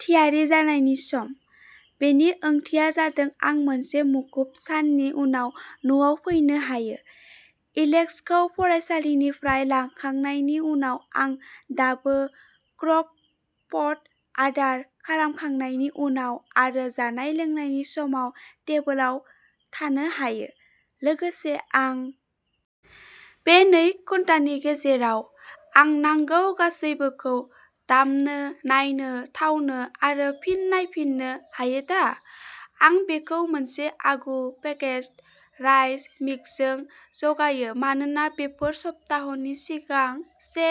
थियारि जानायनि सम। बेनि ओंथिया जादों आं मोनसे मुखुब साननि उनाव न'आव फैनो हायो, एलेक्सखौ फरायसालिनिफ्राय लांखांनायनि उनाव आरो दाबो क्रक पट आदार खालामखांनायनि उनाव आरो जानाय-लोंनायनि समाव टेबोलाव थानो हायो। लोगोसे, आं बै नै घन्टानि गेजेराव आं नांगौ गासैबोखौ दामनो, नायनो, थावनो आरो फिन नायफिननो हायो दा, आं बेखौ मोनसे आगु-पेकेज्ड राइस मिक्सजों जगायो मानोना बेफोर सप्ताहनि सिगां से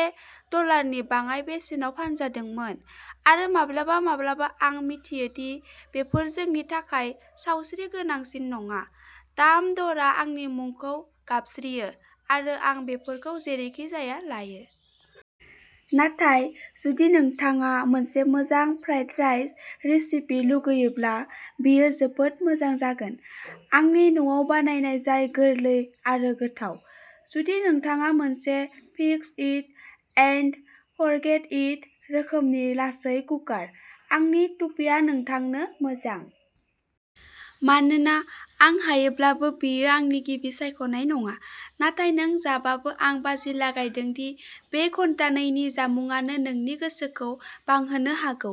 डलारनि बाङाइ बेसेनाव फानजादोंमोन, आरो माब्लाबा माब्लाबा आं मिथियो दि बेफोर जोंनि थाखाय सावस्रि गोनांसिन नङा, दाम दरआ आंनि मुंखौ गाबज्रियो आरो आं बेफोरखौ जेरैखिजाया लायो। नाथाय जुदि नोंथाङा मोनसे मोजां फ्राइड राइस रेसिपि लुगैयोब्ला बेयो जोबोद मोजां जागोन, आंनि न'आव बानायनाय जाय गोरलै आरो गोथाव। जुदि नोंथाङा मोनसे fix it and forget it रोखोमनि लासै कुकार, आंनि टुपिआ नोंथांनो मोजां। मानोना आं हायोब्लाबो, बेयो आंनि गिबि सायख'नाय नङा। नाथाय नों जाबाबो, आं बाजि लागायदों दि बे घन्टानैनि जामुंआनो नोंनि गोसोखौ बांहोनो हागौ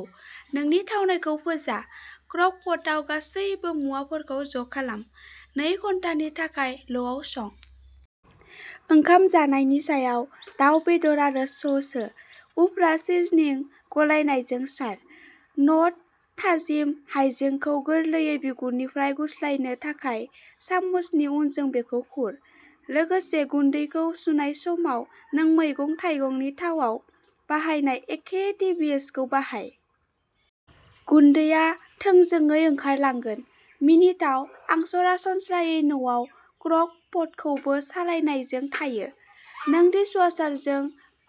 नोंनि थावनायखौ फोजा क्रक पटआव गासैबो मुवाफोरखौ ज'खालाम। नै घन्टानि थाखाय ल'आव सं। ओंखाम जानायनि सायाव दाव बेदर आरो सस हो। उफ्रा सिजनिं गलायनायजों सार। न'ट थाजिम हायजेंखौ गोरलैयै बिगुरनिफ्राय गस्लायनो थाखाय, सामुसनि उनजों बेखौ खुर। लोगोसे, गुन्दैखौ सुनाय समाव, नों मैगं-थाइगंनि थावाव बाहायनाय एखे टिबिएसखौ बाहाय। गुन्दैआ थोंजोङै ओंखारलांगोन, मिनिथाव आं सरासनस्रायै न'आव क्रक पटखौबो सालायनायजों थायो। नों डिशवाशारजों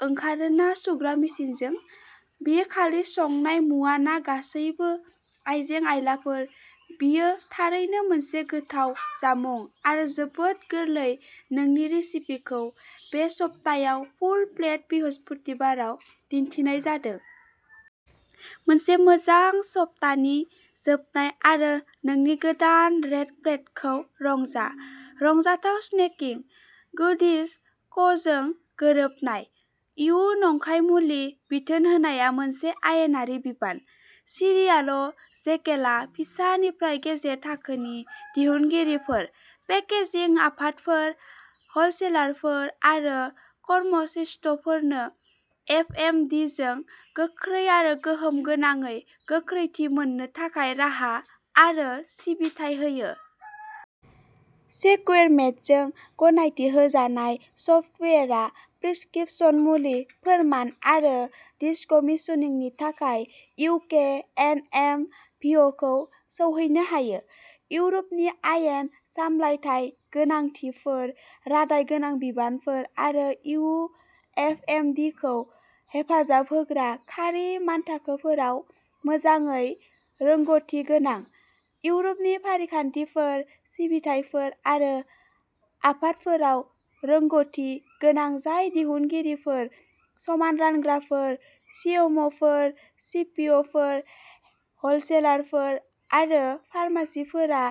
ओंखारो ना सुग्रा मेसिनजों? बेयो खालि संनाय मुवा ना गासैबो आइजें-आइलाफोर बेयो थारैनो मोनसे गोथाव जामुं आरो जोबोद गोरलै नोंनि रेसिपिखौ बे सप्तायाव फुल प्लेट बृहस्पतिबाराव दिन्थिनाय जादों। मोनसे मोजां सप्तानि जोबनाय आरो नोंनि गोदान रेड प्लेटखौ रंजा। रंजाथाव स्नेकिं। गुडिज क'जों गोरोबनाय। इयु नंखाय मुलि बिथोन होनाया मोनसे आयेनारि बिबान। सिरियाल' जिकेलआ फिसा निफ्राय गेजेर थाखोनि दिहुनगिरिफोर, पेकेजिं आफादफोर, हलसेलारफोर आरो फार्मासिस्टफोरनो एफएमदिजों गोख्रै आरो गोहोम गोनाङै गोख्रैथि मोननो थाखाय राहा आरो सिबिथाइ होयो। सेक्युरमेडजों गनायथि होजानाय सफ्टवेयारआ प्रिस्क्रिप्शन मुलि फोरमान आरो दिसकमिशनिंनि थाखाय इउके एनएमभिअ'खौ सौहैनो हायो। इउर'पनि आयेन, सामलायथाय गोनांथिफोर, रादाय गोनां बिबानफोर आरो इयु एफएमदिखौ हेफाजाब होग्रा खारि मानथाखोफोराव मोजाङै रोंग'थि गोनां। इउर'पनि फारिखान्थिफोर, सिबिथाइफोर आरो आफादफोराव रोंग'थि गोनां जाय दिहुनगिरिफोर, समान रानग्राफोर, सिएमअ'फोर, सिपिअ'फोर, हलसेलारफोर आरो फार्मासिस्टफोरा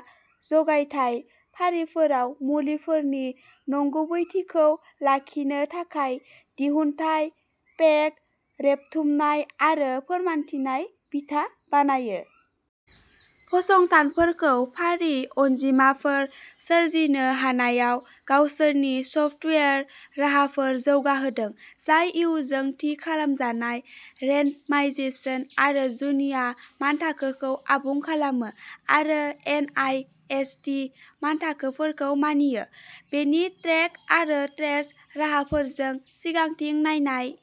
जगायथाय फारिफोराव मुलिफोरनि नंगुबैथिखौ लाखिनो थाखाय दिहुनथाय पेक रेबथुमनाय आरो फोरमानथानाय बिथा बानायो। फसंथानफोरखौ फारि अनजिमाफोर सोरजिनो हानायाव गावसोरनि सफ्टवेयार राहाफोर जौगाहोदों जाय इयुजों थि खालामजानाय रेन्डमाइजेशन आरो जुनिया मानथाखोखौ आबुं खालामो आरो एनआइएसटि मानथाखोफोरखौ मानियो। बेनि ट्रेक आरो ट्रेस राहाफोरजों सिगांथिं नायनाय